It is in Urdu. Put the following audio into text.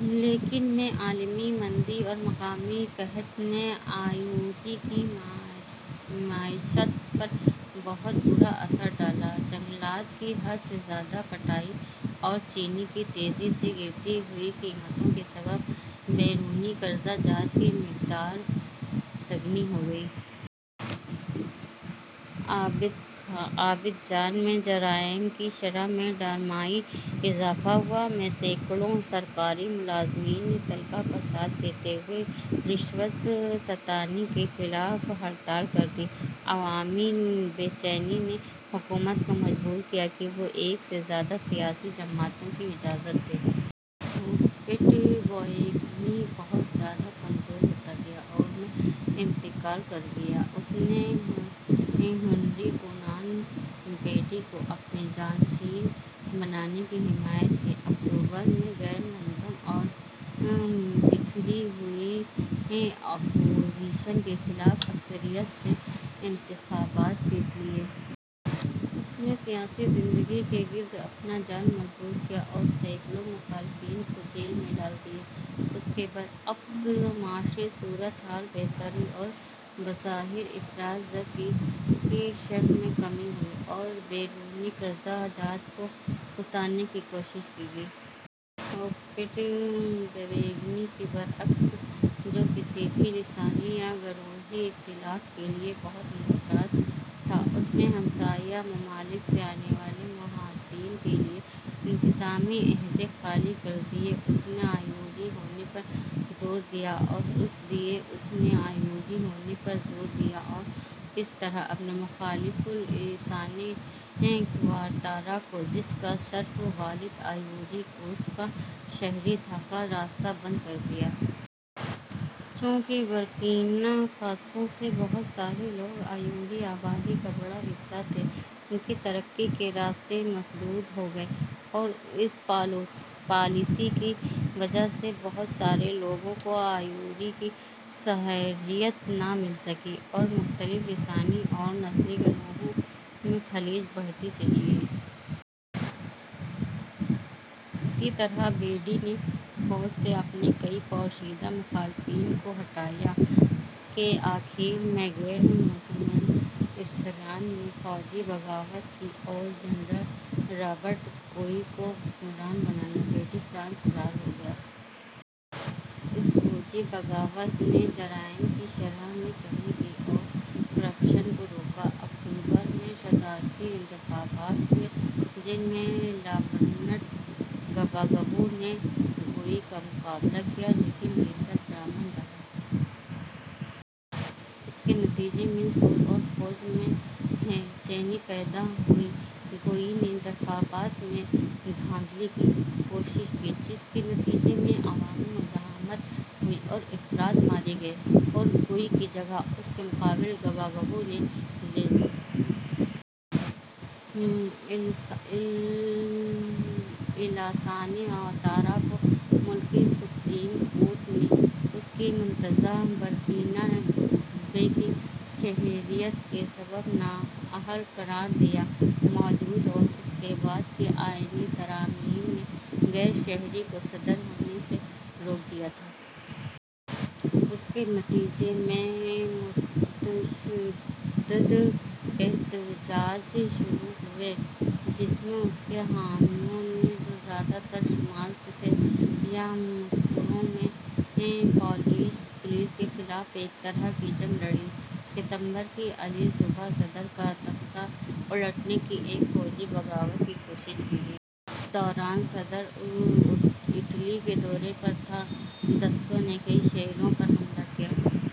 لیکن ء میں عالمی مندی اور مقامی قحط نے آئیوری کی معیشت پر بہت برا اثر ڈالا۔ جنگلات کی حد سے زیادہ کٹائی اور چینی کی تیزی سی گرتی ہوئی قیمتوں کے سبب بیرونی قرضہ جات کی مقدار تگنی ہو گئی۔ عابدجان میں جرائم کی شرح میں ڈرامائی اضافہ ہوا۔ ء میں سینکڑوں سرکاری ملازمین نے طلبہ کا ساتھ دیتے ہوئے رشوت ستانی کے خلاف ہڑتال کردی۔ عوامی بے چینی نے حکومت کو مجبور کیا کہ وہ ایک سے زیادہ سیاسی جماعتوں کی اجازت دے۔ ہوفویٹ-بوئیگنی بہت زیادہ کمزور ہوتا گیا اور ء میں انتقال کر گیا۔ اس نے ہنری کونان بیڈی کو اپنے جانشین بنانے کی حمایت کی۔ اکتوبر ء میں غیر منظم اور بکھری ہوئی اپوزیشن کے خلاف اکثریت سے انتخابات جیت لیے۔ اس نے سیاسی زندگی کے گرد اپنا جال مضبوط کیا اور سینکڑوں مخالفین کو جیل میں ڈال دیا۔ اس کے برعکس معاشی صورت حال بہتر ہوئی اور بظاہر افراط زر کی شرح میں کمی ہوئی اور بیرونی قرضہ جات کو اتارنے کی کوشش کی گئی۔ ہوفویٹ-بوئیگنی کے برعکس، جو کسی بھی لسانی یا گروہی اختلاف کے لیے بہت محتاط تھا، اس نے ہمسائیہ ممالک سے آنے والے مہاجرین کے لیے انتظامی عہدے خالی کر دیے۔ اس نے آئیوری ہونے پر زور دیا اور اس طرح اپنے مخالف الاسانے قوارتارا کو جس کا صرف والد آئیوری کوسٹ کا شہری تھا، کا راستہ بند کر دیا۔ چونکہ برکینا فاسو سے بہت سارے لوگ آئیوری آبادی کا بڑا حصہ تھے، ان کی ترقی کے راستے مسدود ہو گئے اور اس پالیسی کی وجہ سے بہت سارے لوگوں کو آئیوری کی شہریت نہ مل سکی اور مختلف لسانی اور نسلی گروہوں میں خلیج بڑھتی چلی گئی۔ اسی طرح بیڈی نے فوج سے اپنے کئی پوشیدہ مخالفین کو ہٹایا۔ ء کے آخر میں غیر مطمئن افسران نے فوجی بغاوت کی اور جنرل رابرٹ گوئی کو حکمران بنایا۔ بیڈی فرانس فرار ہو گیا۔ اس فوجی بغاوت نے جرائم کی شرح میں کمی کی اور کرپشن کو روکا۔ اکتوبر ء میں صدارتی انتخابات ہوئے جن میں لاورنٹ گباگبو نے گوئی کا مقابلہ کیا لیکن یہ سب پرامن رہا۔ اس کے نتیجے میں سول اور فوج میں بے چینی پیدا ہوئی۔ گوئی نے انتخابات میں دھاندلی کی کوشش کی جس کے نتیجے میں عوامی مزاحمت ہوئی اور افراد مارے گئے اور گوئی کی جگہ اس کے مقابل گباگبو نے لے لی۔ الاسانے اواتارا کو ملکی سپریم کورٹ نے اس کی متنازع برکینابے کی شہریت کے سبب نااہل قرار دیا۔ موجود اور اس کے بعد کی آئینی ترامیم نے غیر شہری کو صدر ہونے سے روک دیا تھا۔ اس کے نتیجے میں متشدد احتجاج شروع ہوئے جس میں اس کے حامیوں نے جو زیادہ تر شمال سے تھے، یاموسوکرو میں پولیس کے خلاف ایک طرح کی جنگ لڑی۔ ستمبر ء کی علی الصبح صدر کا تختہ الٹنے کی ایک فوجی بغاوت کی کوشش کی گئی۔ اس دوران صدر اٹلی کے دورے پر تھا۔ دستوں نے کئی شہروں پر حملہ کیا۔